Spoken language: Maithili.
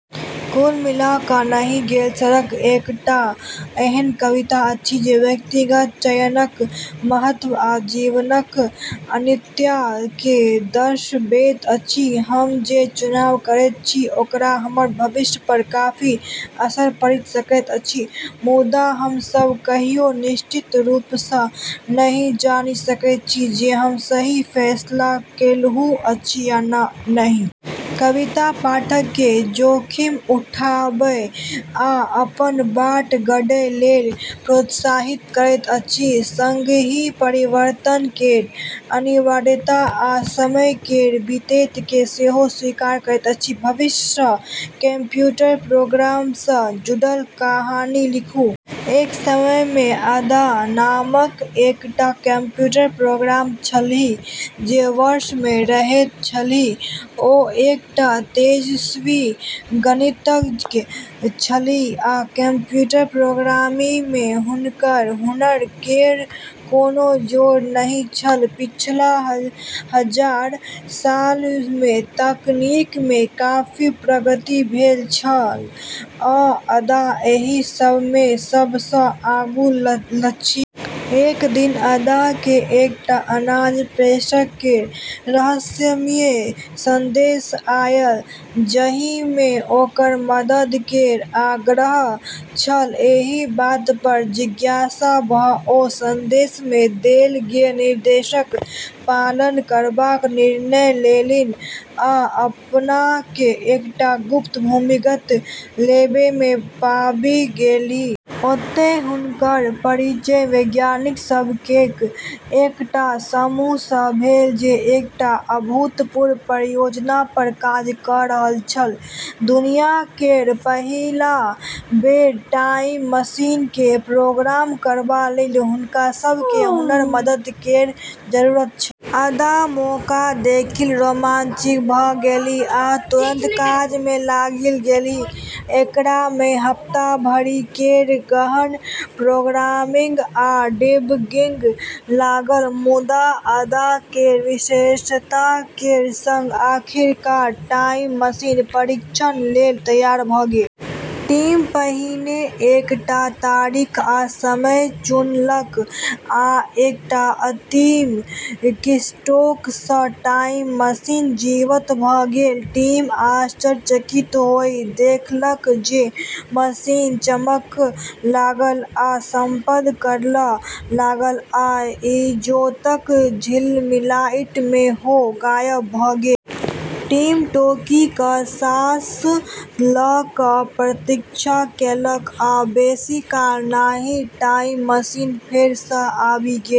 कुल मिला कऽ "नहि गेल सड़क" एकटा एहन कविता अछि जे व्यक्तिगत चयनक महत्व आ जीवनक अनित्यता केँ दर्शाबैत अछि। हम जे चुनाव करैत छी ओकर हमर भविष्य पर काफी असर पड़ि सकैत अछि, मुदा हम सभ कहियो निश्चित रूप सँ नहि जानि सकैत छी जे हम सही फैसला केलहुँ अछि या नहि। कविता पाठक केँ जोखिम उठाबय आ अपन बाट गढ़य लेल प्रोत्साहित करैत अछि, संगहि परिवर्तन केर अनिवार्यता आ समय केर बीतय केँ सेहो स्वीकार करैत अछि। भविष्य सँ कंप्यूटर प्रोग्रामर सँ जुड़ल कहानी लिखू। एक समय मे अदा नामक एकटा कंप्यूटर प्रोग्रामर छलीह, जे वर्ष मे रहैत छलीह, ओ एकटा तेजस्वी गणितज्ञ छलीह आ कंप्यूटर प्रोग्रामिंग मे हुनकर हुनर केर कोनो जोड़ नहि छल। पिछला हजार साल मे तकनीक मे काफी प्रगति भेल छल, आ अदा एहि सभ मे सब सँ आगू छलीह। एक दिन अदा केँ एकटा अनजान प्रेषक केर रहस्यमयी संदेश आयल, जाहि मे ओकर मदद केर आग्रह छल। एहि बात पर जिज्ञासा भऽ ओ संदेश मे देल गेल निर्देशक पालन करबाक निर्णय लेलनि आ अपना केँ एकटा गुप्त भूमिगत लैब मे पाबि गेलीह। ओतय हुनकर परिचय वैज्ञानिक सभ केर एकटा समूह सँ भेल जे एकटा अभूतपूर्व परियोजना पर काज कऽ रहल छल। दुनिया केर पहिल बेर टाइम मशीन केँ प्रोग्राम करबा लेल हुनका सभ केँ हुनकर मदद केर जरूरत छल। अदा मौका देखि रोमांचित भऽ गेलीह आ तुरंत काज मे लागि गेलीह। एकरा मे हप्ता भरि केर गहन प्रोग्रामिंग आ डिबगिंग लागल, मुदा अदा केर विशेषज्ञता केर संग आखिरकार टाइम मशीन परीक्षण लेल तैयार भऽ गेल। टीम पहिने एकटा तारीख आ समय चुनलक, आ एकटा अंतिम कीस्ट्रोक सँ टाइम मशीन जीवंत भऽ गेल। टीम आश्चर्यचकित होइत देखलक जे मशीन चमकय लागल आ स्पंदन करय लागल आ इजोतक झिलमिलाहट मे ओ गायब भऽ गेल। टीम रोकि कऽ साँस लऽ कऽ प्रतीक्षा केलक, आ बेसी काल नहि, टाइम मशीन फेर सँ आबि गेल।